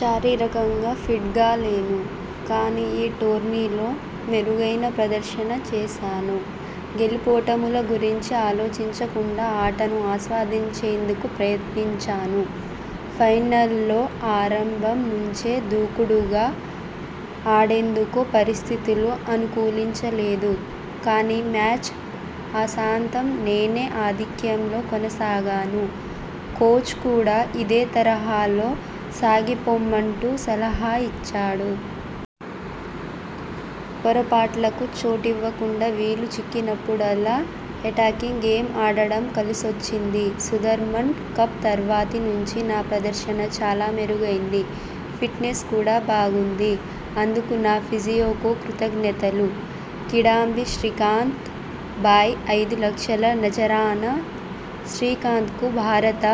శారీరకంగా ఫిట్గా లేను. కానీ ఈ టోర్నీలో మెరుగైన ప్రదర్శన చేశాను. గెలుపోటముల గురించి ఆలోచించకుండా ఆటను ఆస్వాదించేందుకు ప్రయత్నించాను. ఫైనల్లో ఆరంభం నుంచే దూకుడుగా ఆడేందుకు పరిస్థితులు అనుకూలించలేదు. కానీ మ్యాచ్ ఆసాంతం నేనే ఆధిక్యంలో కొనసాగాను. కోచ్ కూడా ఇదే తరహాలో సాగిపొమ్మంటూ సలహా ఇచ్చాడు. పొరపాట్లకు చోటి వ్వకుండా వీలు చిక్కినపుడల్లా ఎటాకింగ్ గేమ్ ఆడడం కలిసొచ్చింది. సుదర్మన్ కప్ తర్వాతి నుంచి నా ప్రదర్శన చాలా మెరుగైంది. ఫిట్నెస్ కూడా బాగుంది. అందుకు నా ఫిజియోకు కృతజ్ఞతలు. కిడాంబి శ్రీకాంత్ బాయ్ ఐదు లక్షల నజరానా శ్రీకాంత్కు భారత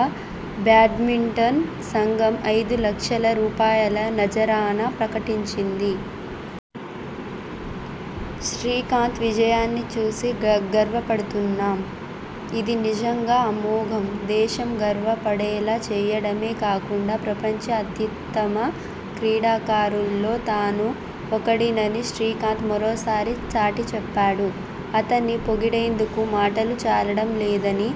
బ్యాడ్మింటన్ సంఘం ఐదు లక్షల రూపాయల నజరానా ప్రకటించింది. 'శ్రీకాంత్ విజయాన్ని చూసి గా గర్వపడుతున్నాం. ఇది నిజంగా అమోఘం. దేశం గర్వ పడేలా చేయడమే కాకుండా, ప్రపంచ అత్యుత్తమ క్రీడాకారుల్లో తానూ ఒకడినని శ్రీకాంత్ మరోసారి చాటి చెప్పాడు. అతణ్ణి పొగిడేందుకు మాటలు చాలడం లేద'ని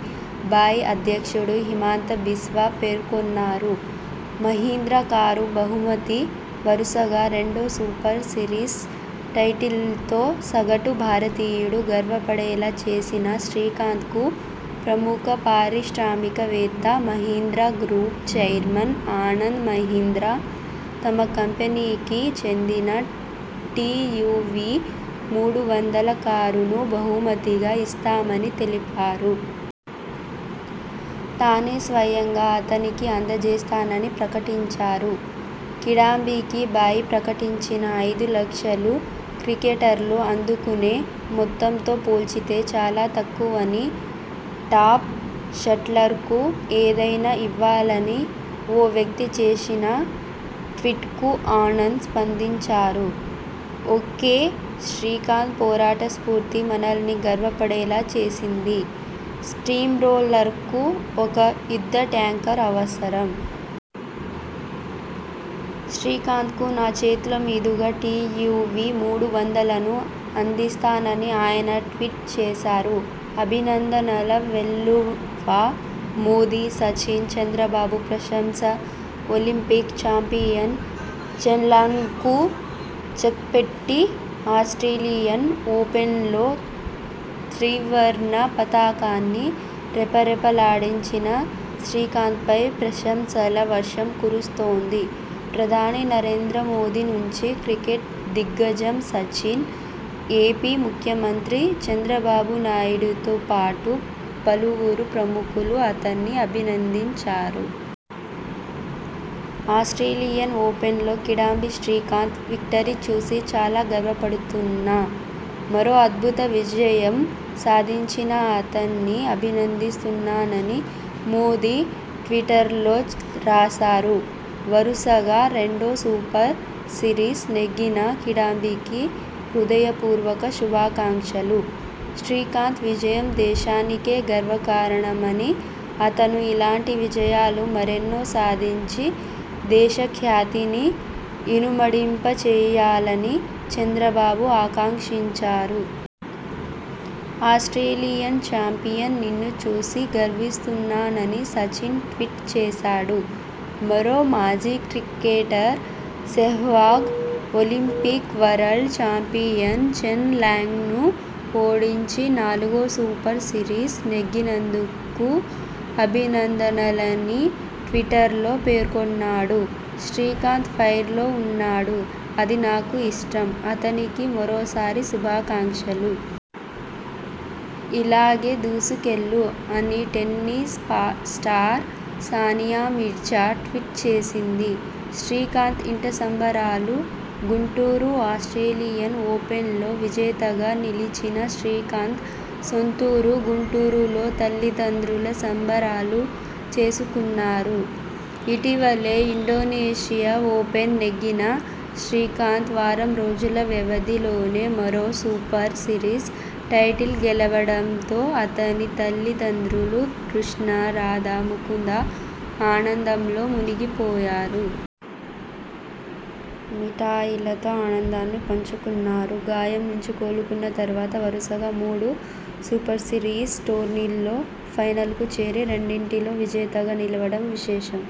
బాయ్ అధ్యక్షుడు హిమాంత బిస్వా పేర్కొన్నారు. మహీంద్ర కారు, బహుమతి వరుసగా రెండో సూపర్ సిరీస్ టైటిల్తో సగటు భారతీయుడు గర్వపడేలా చేసిన శ్రీకాంత్కు ప్రముఖ పారిశ్రామిక వేత్త, మహీంద్ర గ్రూప్ చైర్మన్ ఆనంద్ మహీంద్ర తమ కంపెనీకి చెందిన టీయూవీ మూడు వందల కారును బహుమతిగా ఇస్తామని తెలిపారు. తానే స్వయంగా అతనికి అందజేస్తానని ప్రకటించారు. కిడాంబికి బాయ్ ప్రకటించిన ఐదు లక్షలు క్రికెటర్లు అందుకునే మొత్తంతో పోల్చితే చాలా తక్కువని, టాప్ షట్లర్కు ఏదైనా ఇవ్వాలని ఓ వ్యక్తి చేసిన ట్వీట్కు ఆనంద్ స్పందించారు. ఓకే, శ్రీకాంత్ పోరాటస్ఫూర్తి మనల్ని గర్వపడేలా చేసింది. స్టీమ్రోలర్కు ఒక యుద్ధ ట్యాంకర్ అవసరం. శ్రీకాంత్కు నా చేతుల మీదుగా టీయూవీ మూడు వందలను అందిస్తానని ఆయన ట్వీట్ చేశారు. అభినందనల వెల్లువ మోదీ, సచిన్, చంద్రబాబు ప్రశంస ఒలింపిక్ చాంపియన్ చెన్లాంగ్కు చెక్పెట్టి ఆస్ట్రేలి యన్ ఓపెన్లో త్రివర్ణ పతాకాన్ని రెపరెప లాడించిన శ్రీకాంత్పై ప్రశంసల వర్షం కురుస్తోంది. ప్రధాని నరేంద్ర మోదీ నుంచి క్రికెట్ దిగ్గజం సచిన్, ఏపీ ముఖ్యమంత్రి చంద్రబాబునాయుడుతో పాటు పలువు రు ప్రముఖులు అతణ్ణి అభినందించారు. 'ఆస్ట్రేలియన్ ఓపెన్లో కిడాంబి శ్రీకాంత్ విక్టరీ చూసి చాలా గర్వ పడుతున్నా. మరో అద్భుత విజయం సాధించిన అతణ్ణి అభినందిస్తున్నాన'ని మోదీ ట్విటర్లో రాశారు. 'వరుసగా రెండో సూపర్ సిరీస్ నెగ్గిన కిడాంబికి హృ దయ పూర్వక శుభాకాంక్షలు. శ్రీకాంత్ విజయం దేశానికే గర్వ కారణమని, అతను ఇలాంటి విజయాలు మరెన్నో సాధించి దేశ ఖ్యాతిని ఇనుమడింప చేయాలని చంద్రబాబు ఆకాంక్షించారు. ఆస్ట్రేలియన్ చాంపియన్ నిన్ను చూసి గర్విస్తున్నా'నని సచిన్ ట్వీట్ చేశాడు. మరో మాజీ cricketer Sehwag 'Olympic, world champion Chen లాంగ్ను ఓడించి, నాలుగో సూపర్ సిరీస్ నెగ్గినందుకు అభినందనల'ని ట్విటర్లో పేర్కొన్నాడు. 'శ్రీకాంత్ ఫైర్లో ఉన్నాడు. అది నాకు ఇష్టం. అతనికి మరోసారి శుభాకాంక్షలు. ఇలాగే దూసుకెళ్లు' అని tennis star Sania Mirza tweet చేసింది. శ్రీకాంత్ ఇంట సంబరాలు గుంటూరు ఆస్ట్రేలియన్ ఓపెన్లో విజేతగా నిలిచిన శ్రీకాంత్ సొంతూరు గుంటూరులో తల్లి దండ్రులు సంబరాలు చేసుకున్నారు. ఇటీవలే ఇండోనేషియా ఓపెన్ నెగ్గిన శ్రీకాంత్ వారం రోజుల వ్యవధి లోనే మరో సూపర్ సిరీస్ టైటిల్ గెలవడంతో అతని తల్లి దండ్రులు కృష్ణ, రాధా ముకుంద ఆనందంలో మునిగి పోయారు. మిఠాయిలతో ఆనందాన్ని పంచుకున్నారు. గాయం నుంచి కోలుకున్న తర్వాత వరుసగా మూడు సూపర్సిరీస్ టోర్నీల్లో ఫైనల్కు చేరి రెండింటిలో విజేతగా నిలవడం విశేషం.